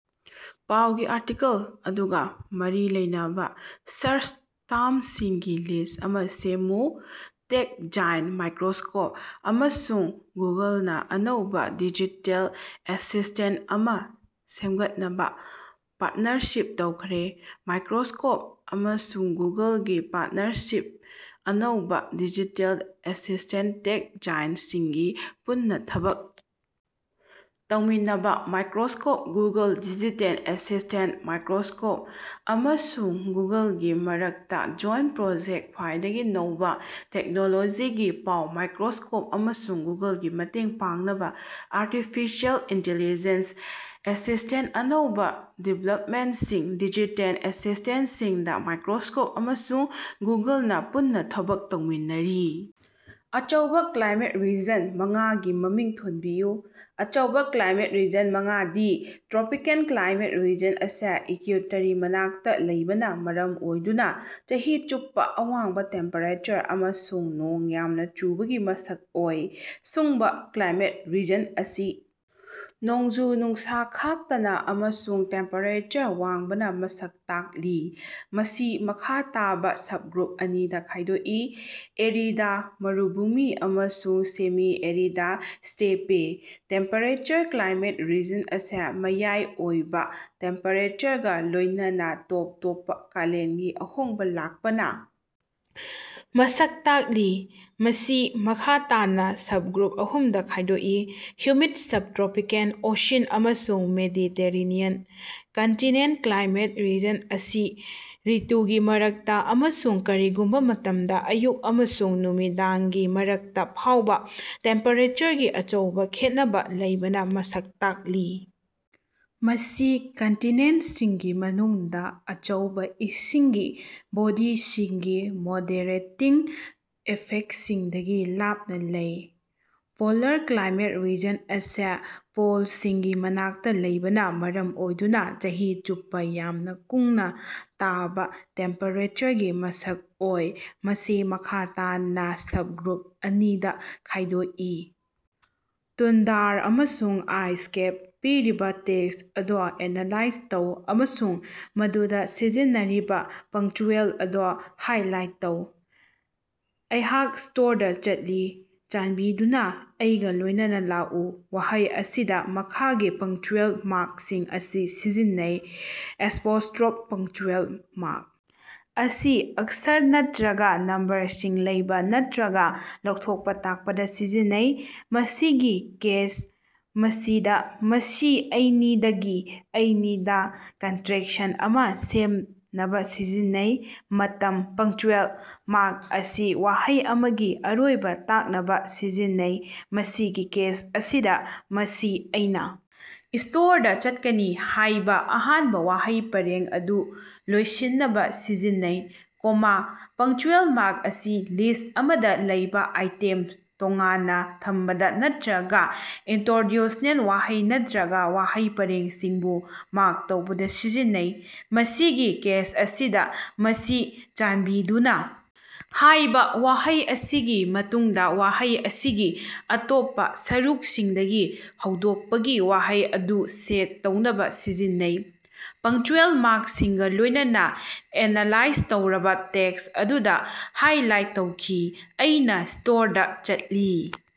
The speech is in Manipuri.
ꯄꯥꯎꯒꯤ ꯑꯥꯔꯇꯤꯀꯜ ꯑꯗꯨꯒꯥ ꯃꯔꯤ ꯂꯩꯅꯕꯥ ꯁꯥꯔꯆ ꯇꯔꯝꯁꯤꯡꯒꯤ ꯂꯤꯁ꯭ꯠ ꯑꯃꯥ ꯁꯦꯝꯃꯨ꯫ ꯇꯦꯛ ꯖꯥꯏꯟꯠ ꯃꯥꯏꯀꯔꯣꯁꯣꯐꯠ ꯑꯃꯁꯨꯡ ꯒꯨꯒꯜꯅꯥ ꯑꯅꯧꯕꯥ ꯗꯤꯖꯤꯇꯦꯜ ꯑꯦꯁꯤꯁ꯭ꯇꯦꯟꯇ ꯑꯃꯥ ꯁꯦꯝꯒꯠꯅꯕꯥ ꯄꯥꯔꯠꯅꯔꯁꯤꯞ ꯇꯧꯈ꯭ꯔꯦ꯫ ꯃꯥꯏꯀꯔꯣꯁꯣꯐ ꯑꯃꯁꯨꯡ ꯒꯨꯒꯜꯒꯤ ꯄꯥꯔꯠꯅꯔꯁꯤꯞ ꯑꯅꯧꯕꯥ ꯗꯤꯖꯤꯇꯦꯜ ꯑꯦꯁꯤꯁ꯭ꯇꯦꯟꯇ ꯇꯦꯛ ꯖꯥꯏꯟꯠꯁꯤꯡꯒꯤ ꯄꯨꯟꯅꯥ ꯊꯕꯛ ꯇꯧꯃꯤꯟꯅꯕꯥ Microsoft Google digital assistant Microsoft ꯑꯃꯁꯨꯡ ꯒꯨꯒꯜꯒꯤ ꯃꯔꯛꯇꯥ ꯖꯣꯏꯟꯇ ꯄ꯭ꯔꯣꯖꯦꯛ ꯈ꯭ꯋꯥꯏꯗꯒꯤ ꯅꯧꯕꯥ ꯇꯦꯛꯅꯣꯂꯣꯖꯤꯒꯤ ꯄꯥꯎ ꯃꯥꯏꯀꯔꯣꯁꯣꯐ ꯑꯃꯁꯨꯡ ꯒꯨꯒꯜꯒꯤ ꯃꯇꯦꯡ ꯄꯥꯡꯅꯕ ꯑꯥꯔꯇꯤꯐꯤꯁꯤꯑꯦꯜ ꯏꯟꯇꯤꯂꯤꯖꯦꯟꯁ ꯑꯦꯁꯤꯁ꯭ꯇꯦꯟꯇ ꯑꯅꯧꯕ ꯗꯤꯕꯦꯂꯞꯃꯦꯟꯠꯁꯤꯡ꯫ ꯗꯤꯖꯤꯇꯦꯜ ꯑꯦꯁꯤꯁ꯭ꯇꯦꯟꯠꯁꯤꯡꯗ ꯃꯥꯏꯀꯔꯣꯁꯣꯐ ꯑꯃꯁꯨꯡ ꯒꯨꯒꯜꯅ ꯄꯨꯟꯅ ꯊꯕꯛ ꯇꯧꯃꯤꯟꯅꯔꯤ꯫ ꯑꯆꯧꯕꯥ ꯀ꯭ꯂꯥꯏꯃꯦꯠ ꯔꯤꯖꯟ ꯃꯉꯥꯒꯤ ꯃꯃꯤꯡ ꯊꯣꯟꯕꯤꯌꯨ꯫ ꯑꯆꯧꯕ ꯀ꯭ꯂꯥꯏꯃꯦꯠ ꯔꯤꯖꯟ ꯃꯉꯥꯗꯤ: ꯇ꯭ꯔꯣꯄꯤꯀꯦꯜ: ꯀ꯭ꯂꯥꯏꯃꯦꯠ ꯔꯤꯖꯟ ꯑꯁꯤ ꯏꯀꯌꯨꯏꯇꯔꯒꯤ ꯃꯅꯥꯛꯇꯥ ꯂꯩꯕꯅꯥ ꯃꯔꯝ ꯑꯣꯏꯗꯨꯅ ꯆꯍꯤ ꯆꯨꯞꯄꯥ ꯑꯋꯥꯡꯕꯥ ꯇꯦꯝꯄꯦꯔꯦꯆꯔ ꯑꯃꯁꯨꯡ ꯅꯣꯡ ꯌꯥꯝꯅ ꯆꯨꯕꯒꯤ ꯃꯁꯛ ꯑꯣꯏ꯫ ꯁꯨꯡꯕꯥ: ꯀ꯭ꯂꯥꯏꯃꯦꯠ ꯔꯤꯖꯟ ꯑꯁꯤ ꯅꯣꯡꯖꯨ ꯅꯨꯡꯁꯥ ꯈꯥꯛꯇꯅꯥ ꯑꯃꯁꯨꯡ ꯇꯦꯝꯄꯦꯔꯦꯆꯔ ꯋꯥꯡꯕꯅꯥ ꯃꯁꯛ ꯇꯥꯛꯂꯤ꯫ ꯃꯁꯤ ꯃꯈꯥ ꯇꯥꯅꯥ ꯁꯕꯒ꯭ꯔꯨꯞ ꯑꯅꯤꯗꯥ ꯈꯥꯏꯗꯣꯛꯏ: ꯑꯦꯔꯤꯗ ꯃꯔꯨꯚꯨꯃꯤ ꯑꯃꯁꯨꯡ semi arid steppe. Temperature climate region ꯑꯁꯤ ꯃꯌꯥꯏ ꯑꯣꯏꯕ ꯇꯦꯝꯄꯦꯔꯦꯆꯔꯒꯥ ꯂꯣꯏꯅꯅꯥ ꯇꯣꯞ ꯇꯣꯞꯄꯥ ꯀꯥꯂꯦꯟꯒꯤ ꯑꯍꯣꯡꯕ ꯂꯥꯛꯄꯅꯥ ꯃꯁꯛ ꯇꯥꯛꯂꯤ꯫ ꯃꯁꯤ ꯃꯈꯥ ꯇꯥꯅꯥ ꯁꯕꯒ꯭ꯔꯨꯞ ꯑꯍꯨꯝꯗꯥ ꯈꯥꯏꯗꯣꯛꯏ: ꯍꯨꯃꯤꯠ ꯁꯕꯇ꯭ꯔꯣꯄꯤꯀꯦꯜ, ꯑꯣꯁꯤꯟ ꯑꯃꯁꯨꯡ ꯃꯦꯗꯤꯇꯦꯔꯦꯅꯤꯌꯟ꯫ ꯀꯟꯇꯤꯅꯦꯟꯇꯜ: ꯀ꯭ꯂꯥꯏꯃꯦꯠ ꯔꯤꯖꯟ ꯑꯁꯤ ꯔꯤꯇꯨꯒꯤ ꯃꯔꯛꯇ ꯑꯃꯁꯨꯡ ꯀꯔꯤꯒꯨꯝꯕ ꯃꯇꯝꯗ ꯑꯌꯨꯛ ꯑꯃꯁꯨꯡ ꯅꯨꯃꯤꯗꯥꯡꯒꯤ ꯃꯔꯛꯇꯥ ꯐꯥꯎꯕ ꯇꯦꯝꯄꯦꯔꯦꯆꯔꯒꯤ ꯑꯆꯧꯕ ꯈꯦꯠꯅꯕꯥ ꯂꯩꯕꯅꯥ ꯃꯁꯛ ꯇꯥꯛꯂꯤ꯫ ꯃꯁꯤ ꯀꯟꯇꯤꯅꯦꯟꯠꯁꯤꯡꯒꯤ ꯃꯅꯨꯡꯗ, ꯑꯆꯧꯕꯥ ꯏꯁꯤꯡꯒꯤ ꯕꯣꯗꯤꯁꯤꯡꯒꯤ ꯃꯣꯗꯦꯔꯦꯇꯤꯡ ꯏꯐꯦꯛꯠꯁꯤꯡꯗꯒꯤ ꯂꯥꯞꯅ ꯂꯩ꯫ ꯄꯣꯂꯥꯔ: ꯀ꯭ꯂꯥꯏꯃꯦꯠ ꯔꯤꯖꯟ ꯑꯁꯤ ꯄꯣꯜꯁꯤꯡꯒꯤ ꯃꯅꯥꯛꯇ ꯂꯩꯕꯅ ꯃꯔꯝ ꯑꯣꯏꯗꯨꯅ ꯆꯍꯤ ꯆꯨꯞꯄ ꯌꯥꯝꯅ ꯀꯨꯡꯅ ꯇꯥꯕ ꯇꯦꯝꯄꯦꯔꯦꯆꯔꯒꯤ ꯃꯁꯛ ꯑꯣꯏ꯫ ꯃꯁꯤ ꯃꯈꯥ ꯇꯥꯅꯥ ꯁꯕꯒ꯭ꯔꯨꯞ ꯑꯅꯤꯗꯥ ꯈꯥꯏꯗꯣꯛꯏ: ꯇꯨꯟꯗ꯭ꯔꯥ ꯑꯃꯁꯨꯡ ꯑꯥꯏꯁ ꯀꯦꯞ꯫ ꯄꯤꯔꯤꯕꯥ ꯇꯦꯛꯁ ꯑꯗꯨ ꯑꯦꯅꯥꯂꯥꯏꯖ ꯇꯧ ꯑꯃꯁꯨꯡ ꯃꯗꯨꯗ ꯁꯤꯖꯤꯟꯅꯔꯤꯕꯥ ꯄꯪꯆ꯭ꯌꯨꯑꯦꯜ ꯑꯗꯨ ꯍꯥꯏꯂꯥꯏꯠ ꯇꯧ꯫ ꯑꯩꯍꯥꯛ ꯁ꯭ꯇꯣꯔꯗꯥ ꯆꯠꯂꯤ꯫ ꯆꯥꯟꯕꯤꯗꯨꯅꯥ ꯑꯩꯒ ꯂꯣꯏꯅꯅ ꯂꯥꯛꯎ꯫ ꯋꯥꯍꯩ ꯑꯁꯤꯗ ꯃꯈꯥꯒꯤ ꯄꯪꯆ꯭ꯌꯨꯑꯦꯜ ꯃꯥꯔꯛꯁꯤꯡ ꯑꯁꯤ ꯁꯤꯖꯤꯟꯅꯩ: ꯑꯦꯄꯣꯁ꯭ꯇꯔꯣꯐ ꯄꯪꯆ꯭ꯌꯨꯑꯦꯜ ꯃꯥꯔꯛ ꯑꯁꯤ ꯑꯛꯁꯔ ꯅꯠꯇꯔꯒ ꯅꯝꯕꯔꯁꯤꯡ ꯂꯩꯕ ꯅꯠꯇꯔꯒ ꯂꯧꯊꯣꯛꯄ ꯇꯥꯛꯄꯗ ꯁꯤꯖꯤꯟꯅꯩ꯫ ꯃꯁꯤꯒꯤ ꯀꯦꯁ ꯑꯁꯤꯗ, ꯃꯁꯤ ꯑꯩꯅꯤꯗꯒꯤ ꯑꯩꯅꯤꯗꯥ ꯀꯟꯇꯔꯦꯛꯁꯟ ꯑꯃꯥ ꯁꯦꯝꯅꯕ ꯁꯤꯖꯤꯟꯅꯩ꯫ ꯃꯇꯝ: ꯄꯪꯆ꯭ꯌꯨꯑꯦꯜ ꯃꯥꯔꯛ ꯑꯁꯤ ꯋꯥꯍꯩ ꯑꯃꯒꯤ ꯑꯔꯣꯏꯕ ꯇꯥꯛꯅꯕꯥ ꯁꯤꯖꯤꯟꯅꯩ꯫ ꯃꯁꯤꯒꯤ ꯀꯦꯁ ꯑꯁꯤꯗꯥ, ꯃꯁꯤ ꯑꯩꯅꯥ ꯁ꯭ꯇꯣꯔꯗꯥ ꯆꯠꯀꯅꯤ ꯍꯥꯏꯕ ꯑꯍꯥꯟꯕ ꯋꯥꯍꯩ ꯄꯔꯦꯡ ꯑꯗꯨ ꯂꯣꯏꯁꯤꯟꯅꯕ ꯁꯤꯖꯤꯟꯅꯩ꯫ ꯀꯣꯃꯥ: ꯄꯪꯆ꯭ꯌꯨꯑꯦꯜ ꯃꯥꯔꯛ ꯑꯁꯤ ꯂꯤꯁ꯭ꯠ ꯑꯃꯗꯥ ꯂꯩꯕꯥ ꯑꯥꯏꯇꯦꯝꯁꯤꯡ ꯇꯣꯉꯥꯟꯅ ꯊꯝꯕꯗ ꯅꯠꯇꯔꯒꯥ ꯏꯅꯇꯔꯣꯗ꯭ꯌꯨꯁꯅꯦꯜ ꯋꯥꯍꯩ ꯅꯠꯇꯔꯒ ꯋꯥꯍꯩ ꯄꯔꯦꯡꯁꯤꯡꯕꯨ ꯃꯥꯔꯛ ꯇꯧꯕꯗ ꯁꯤꯖꯤꯟꯅꯩ꯫ ꯃꯁꯤꯒꯤ ꯀꯦꯁ ꯑꯁꯤꯗꯥ, ꯃꯁꯤ ꯆꯥꯟꯕꯤꯗꯨꯅꯥ ꯍꯥꯏꯕ ꯋꯥꯍꯩ ꯑꯁꯤꯒꯤ ꯃꯇꯨꯡꯗ ꯋꯥꯍꯩ ꯑꯁꯤꯒꯤ ꯑꯇꯣꯞꯄ ꯁꯔꯨꯛꯁꯤꯡꯗꯒꯤ ꯍꯧꯗꯣꯛꯄꯒꯤ ꯋꯥꯍꯩ ꯑꯗꯨ ꯁꯦꯠ ꯇꯧꯅꯕꯥ ꯁꯤꯖꯤꯟꯅꯩ꯫ ꯄꯪꯆ꯭ꯌꯨꯑꯦꯜ ꯃꯥꯔꯛꯁꯤꯡꯒ ꯂꯣꯏꯅꯅ ꯑꯦꯅꯥꯂꯥꯏꯖ ꯇꯧꯔꯕ ꯇꯦꯛꯁ ꯑꯗꯨꯗꯥ ꯍꯥꯏꯂꯥꯏꯠ ꯇꯧꯈꯤ: ꯑꯩꯅꯥ ꯁ꯭ꯇꯣꯔꯗꯥ ꯆꯠꯂꯤ꯫